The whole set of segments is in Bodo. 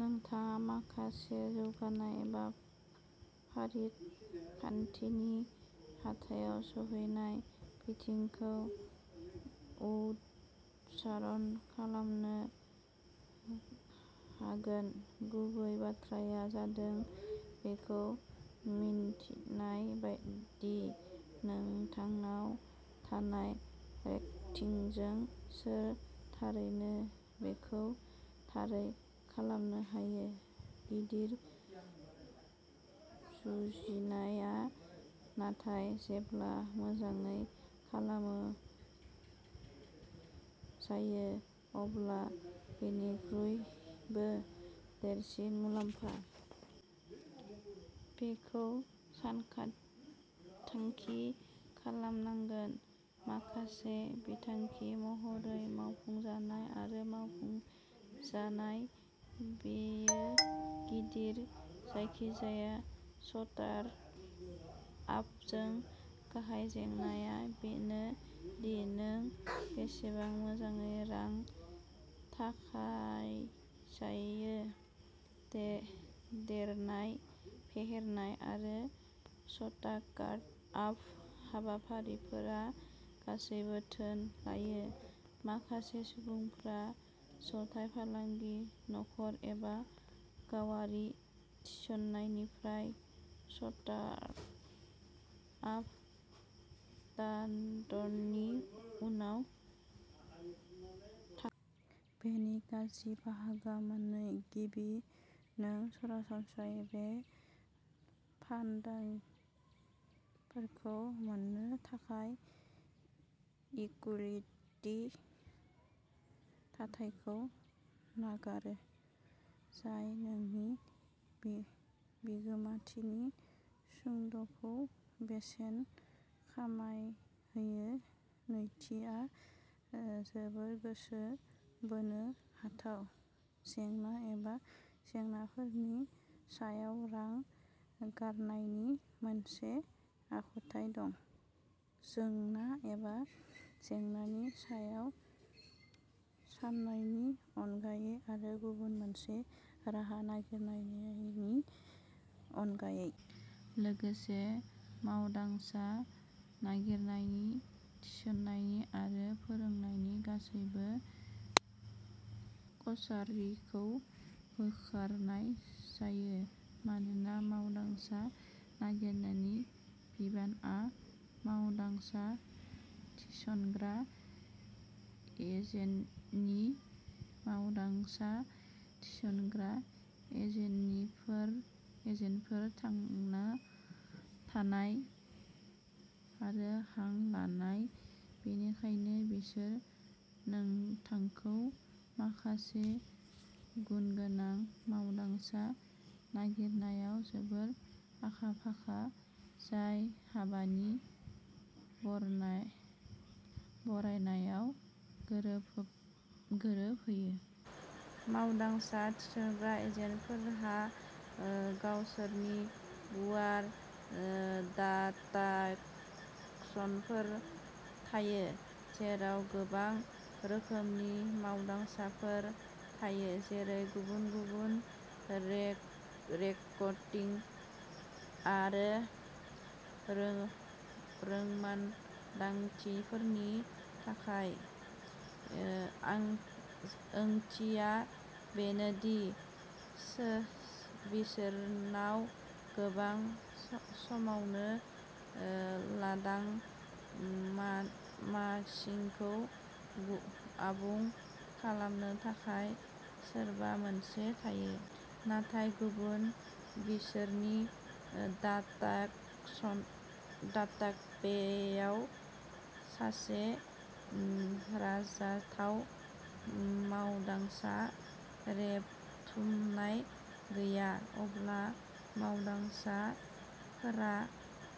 नोंथाङा माखासे जौगानाय एबा फारिखान्थिनि "हाथायाव सौहैनाय" बिथिंखौ आउटसोर्स खालामनो हागोन-गुबै बाथ्राया जादों बेखौ मिन्थिनाय दि नोंथांनाव थानाय रोंग'थिजों सोर थारैनो बेखौ थारै खालामनो हायो। गिदिर जुजिनाया नाथाय जेब्ला मोजाङै खालामनाय जायो अब्ला बयनिख्रुइबो देरसिन मुलाम्फा। बेखौ सानथांखि खालामनांगोन। मोनसे बिथांखि महरै मावफुंजानाय आरो मावफुंजानाय। बेयो गिदिर। जायखिजाया स्टार्ट आपजों गाहाय जेंनाआ बेनो दि नों बेसेबां मोजाङै रां खाथायजायो? देरनाय, फेहेरनाय आरो स्टार्ट आप हाबाफारिफोरा गासैबो धोन लायो। माखासे सुबुंफोरा जथाय फालांगि, नखर एबा गावारि थिसननायनिफ्राय "स्टार्ट आप फान्ड" नि उनाव थाङो। बेनि गाज्रि बाहागोआ मोननै। गिबि, नों सरासनस्रायै बे फान्डफोरखौ मोननो थाखाय इकुइटि थाथायखौ नागारो, जाय नोंनि बिगोमाथिनि सुदखौ बेसेन खमायहोयो। नैथिआ जोबोद गोसो बोनो हाथाव-जेंना एबा जेंनाफोरनि सायाव रां गारनायनि मोनसे आखुथाय दं, जेंना एबा जेंनानि सायाव साननायनि अनगायै आरो गुबुन मोनसे राहा नागिरनायनि अनगायै। लोगोसे, मावदांसा नागिरनायनि, थिसननायनि आरो फोरोंनायनि गासैबो खर्साखौ बोखारनाय जायो, मानोना मावदांसा नागिरनायनि बिबानआ मावदांसा थिसनग्रा एजेन्सिनि। मावदांसा थिसनग्रा एजेन्सिफोर, थांना थानाय आरो हां लानाय, बेनिखायनो बिसोर नोंथांखौ मोनसे गुनगोनां मावदांसा नागिरनायाव जोबोद आखा-फाखा जाय हाबानि बरनायनायाव गोरोबहोयो। मावदांसा थिसनग्रा एजेन्सिफोरहा गावसोरनि गुवार डाटाबेसफोर थायो, जेराव गोबां रोखोमनि मावदांसाफोर थायो, जेराव गुबुन गुबुन रोंग'थि आरो रोंमोनदांथिफोर थायो। बेनि ओंथिया बेनो दि बिसोरनाव गोबां समावनो लांदां मासिखौ आबुं खालामनो थाखाय सोरबा सासे थायो। नाथाय, जुदि बिसोरनि डाटाबेसाव सासे आरजाथाव मावदांसा रेबथुमनाय गैया, अब्ला मावदांसा भारा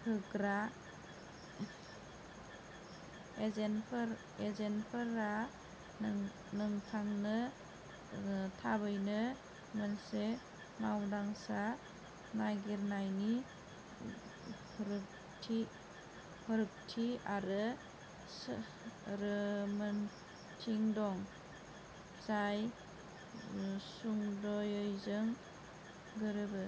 होग्रा एजेन्सिफोरहा नोंथांनो थाबैनो मोनसे मावदांसा नागिरनायनि रोंग'थि आरो रोंमोन्दांथि दं, जाय सुंद'यैजों गोरोबो।